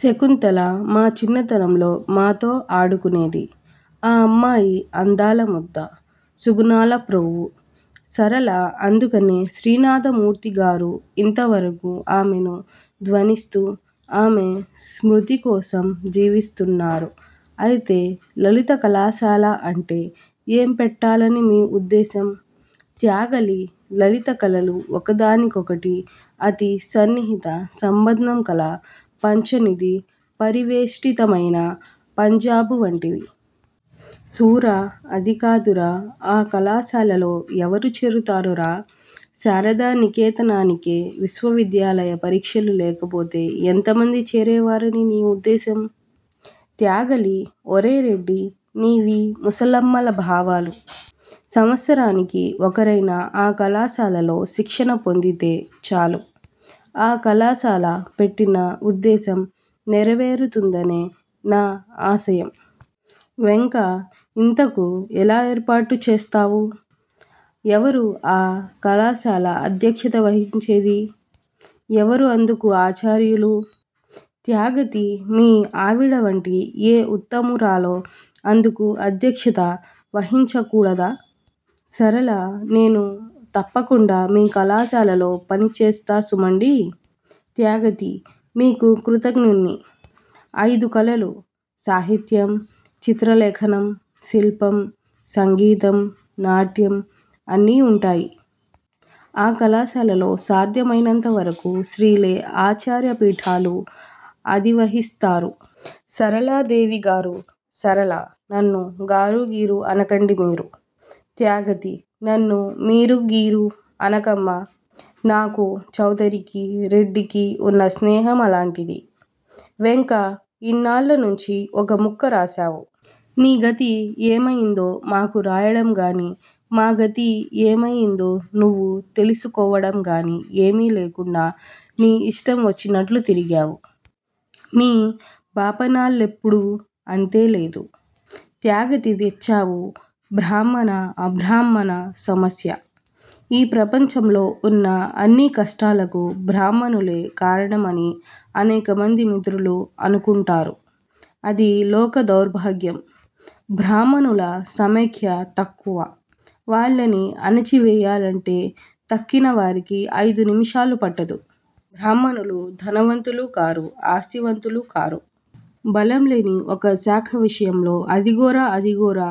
శకుంతల మా చిన్నతనంలో మాతో ఆడుకొనేది. ఆ అమ్మాయి అందాలముద్ద. సుగుణాల ప్రోవు. సరళ అందుకనే శ్రీనాథమూర్తిగారు ఇంతవరకు ఆమెనే ధ్యానిస్తూ, ఆమె స్మృతికోసం జీవిస్తున్నారు. అయితే లలిత కళాశాల అంటే ఏం పెట్టాలని మీ ఉద్దేశం? త్యాగతి లలిత కళలు ఒకదానికొకటి అతి సన్నిహిత సంబంధం కల పంచనిదీ పరివేష్టితమైన పంజాబు వంటివి. సూర అది కాదురా. ఆ కళాశాలలో ఎవరు చేరుతారురా! శారదానికేతనానికే, విశ్వవిద్యాలయ పరీక్షలు లేకపోతే ఎంతమంది చేరే వారని నీ ఉద్దేశం? త్యాగతి ఒరే రెడ్డీ, నీవి ముసలమ్మల భావాలు. సంవత్సరానికి ఒకరైనా ఆ కళాశాలలో శిక్షణ పొందితే చాలు, ఆ కళాశాల పెట్టిన ఉద్దేశం నెరవేరుతుందనే నా ఆశయం. వెంక ఇంతకూ ఏలా ఏర్పాటు చేస్తావు? ఎవరు ఆ కళాశాల అధ్యక్షత వహించేది? ఎవరు అందుకు ఆచార్యులు? త్యాగతి మీ ఆవిడవంటి ఏ ఉత్తమురాలో అందుకు అధ్యక్షత వహించకూడదా? సరళ నేను తప్పకుండా మీ కళాశాలలో పనిచేస్తా సుమండీ. త్యాగతి మీకు కృతజ్ఞున్ని. అయిదు కళలు సాహిత్యం, చిత్ర లేఖనం, శిల్పం, సంగీతం, నాట్యం అన్నీ వుంటాయి. ఆ కళాశాలలో సాధ్యమయినంతవరకు స్త్రీలే ఆచార్య పీఠాలు అధివసిస్తారు సరళాదేవి గారూ సరళ నన్ను గారూ గీరూ అనకండి మీరు. త్యాగతి నన్ను మీరూ గీరూ అనకమ్మా! నాకూ, చౌదరికి, రెడ్డికి వున్న స్నేహం అలాంటిది. వెంక ఇన్నాళ్ళనుంచీ ఒక ముక్క రాశావూ! నీగతి ఏమయిందో మాకు రాయడంగాని, మా గతి ఏమయిందో నువ్వు తెలిసికోడంగాని ఏమీ లేకుండా నీ ఇష్టం వచ్చినట్లు తిరిగావు. మీ బాపనాళ్ళెప్పుడూ అంతే లెద్దూ. త్యాగతి తెచ్చావు బ్రాహ్మణ అభ్రాహ్మణ సమస్య! ఈ ప్రపంచంలో ఉన్న అన్ని కష్టాలకూ బ్రాహ్మణులే కారణం అని అనేకమంది మిత్రులు అనుకుంటారు. అధి లోక దౌర్భాగ్యం. బ్రాహ్మణుల సమాఖ్య తక్కువ. వాళ్ళని అణచి వెయ్యాలంటే తక్కినవారికి అయిదు నిమిషాలు పట్టదు. బ్రాహ్మణులు ధనవంతులూ కారు, ఆస్తివంతులూ కారు. బలంలేని ఒక శాఖ విషయంలో అదిగోరా! అధిగోరా!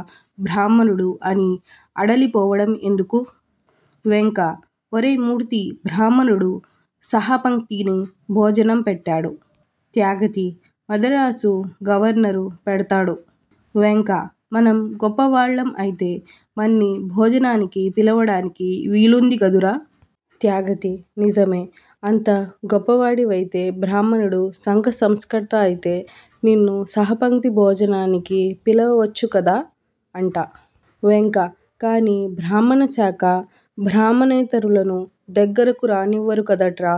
బ్రాహ్మణుడు అని అడలిపోవడం ఎందుకు? వెంక: ఒరే మూర్తీ, బ్రాహ్మణుడు సహపంక్తిని భోజనం పెట్టడు. త్యాగతి మదరాసు గవర్నరు పెడ్తాడూ! వెంక మనం గొప్పవాళ్ళం అయితే, మన్ని భోజనానికి పిలవడానికి వీలుందిగాదురా? త్యాగతి: నిజమే, అంత గొప్పవాడవైతే, బ్రాహ్మణుడు సంఘ సంస్కర్త అయితే నిన్ను సహపంక్తి భోజనానికి పిలవవచ్చుగాదా అంట! వెంక కాని బ్రాహ్మణశాఖ బ్రాహ్మణేతరులను దగ్గరకు రానివ్వరు కాదట్రా.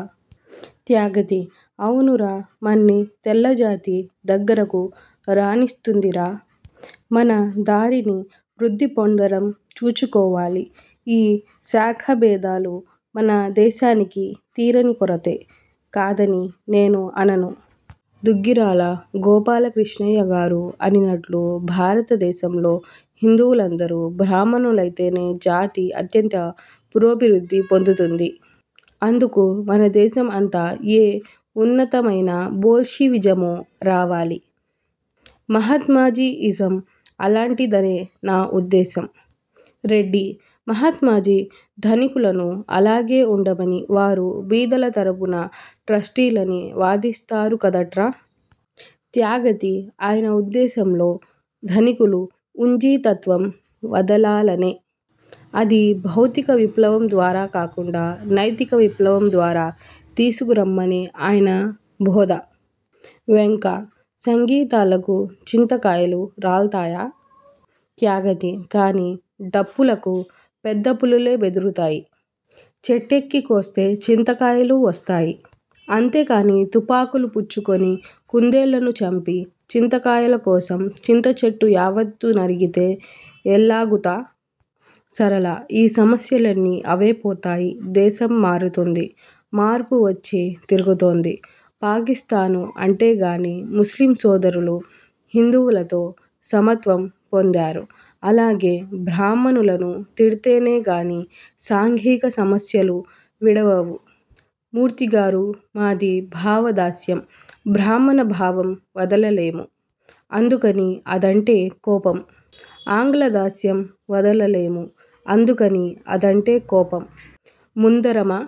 త్యాగతి: అవునురా, మన్ని తెల్లజాతి దగ్గరకు రానిస్తూందిరా? మన దారిని వృద్దిపొందడం చూచుకోవాలి ఈ శాఖాభేదాలు మన దేశానికి తీరని కొరతే, కాదని నేను అనను. దుగ్గిరాల గోపాలకృష్ణయ్యగారు అనినట్లు భారత దేశంలో హిందువులందరూ బ్రాహ్మణులైతేనే జాతి అత్యంత పురోభివృద్ది పొందుతుంది. అందుకు మనదేశం అంతా ఏ ఉన్నతమైన బోల్షివిజమో రావాలి! మహాత్మాజీఇజం అల్లాంటిదనే నా ఉద్దేశం. రెడ్డి: మహాత్మాజీ ధనికులను అల్లాగే ఉండమని, వారు బీదల తరపున ట్రస్టీలని వాదిస్తారు కాదట్రా? త్యాగతి: ఆయన ఉద్దేశంలో ధనికులు వూంజీతత్వం వదలాలనే. అది భౌతికవిప్లవం ద్వారా కాకుండా నైతిక విప్లవం ద్వారా తీసుకురమ్మనే ఆయన బోధ! వెంక: సంగీతాలకు చింతకాయలు రాల్తాయా? త్యాగతి: కాని డప్పులకు పెద్దపులులే బెదురుతాయి. చెట్టెక్కికోస్తే చింతకాయలూ వస్తాయి. అంతేకాని తుపాకులు పుచ్చుకొని కుందేళ్ళను చంపి, చింతకాయలకోసం చింతచెట్టు యావత్తూ నరికితే ఎల్లాగుతా? సరళ: ఈ సమస్యలన్నీ అవేపోతాయి. దేశం మారుతోంది. మార్పు వచ్చి తిరుగుతోంది. పాకిస్తాను అంటేగాని, ముస్లిం సోదరులు హిందువులతో సమత్వం పొందారు. అలాగే బ్రాహ్మణులను తిడ్తేనేగాని సాంఘిక సమస్యలు విడవవు. మూర్తిగారూ, మాది భావదాస్యం. బ్రాహ్మణ బావం వదలలేము. అందుకని అదంటే కోపం. ఆంగ్లదాస్యం వదలలేము: అందుకని అదంటే కోపం. ముందరమా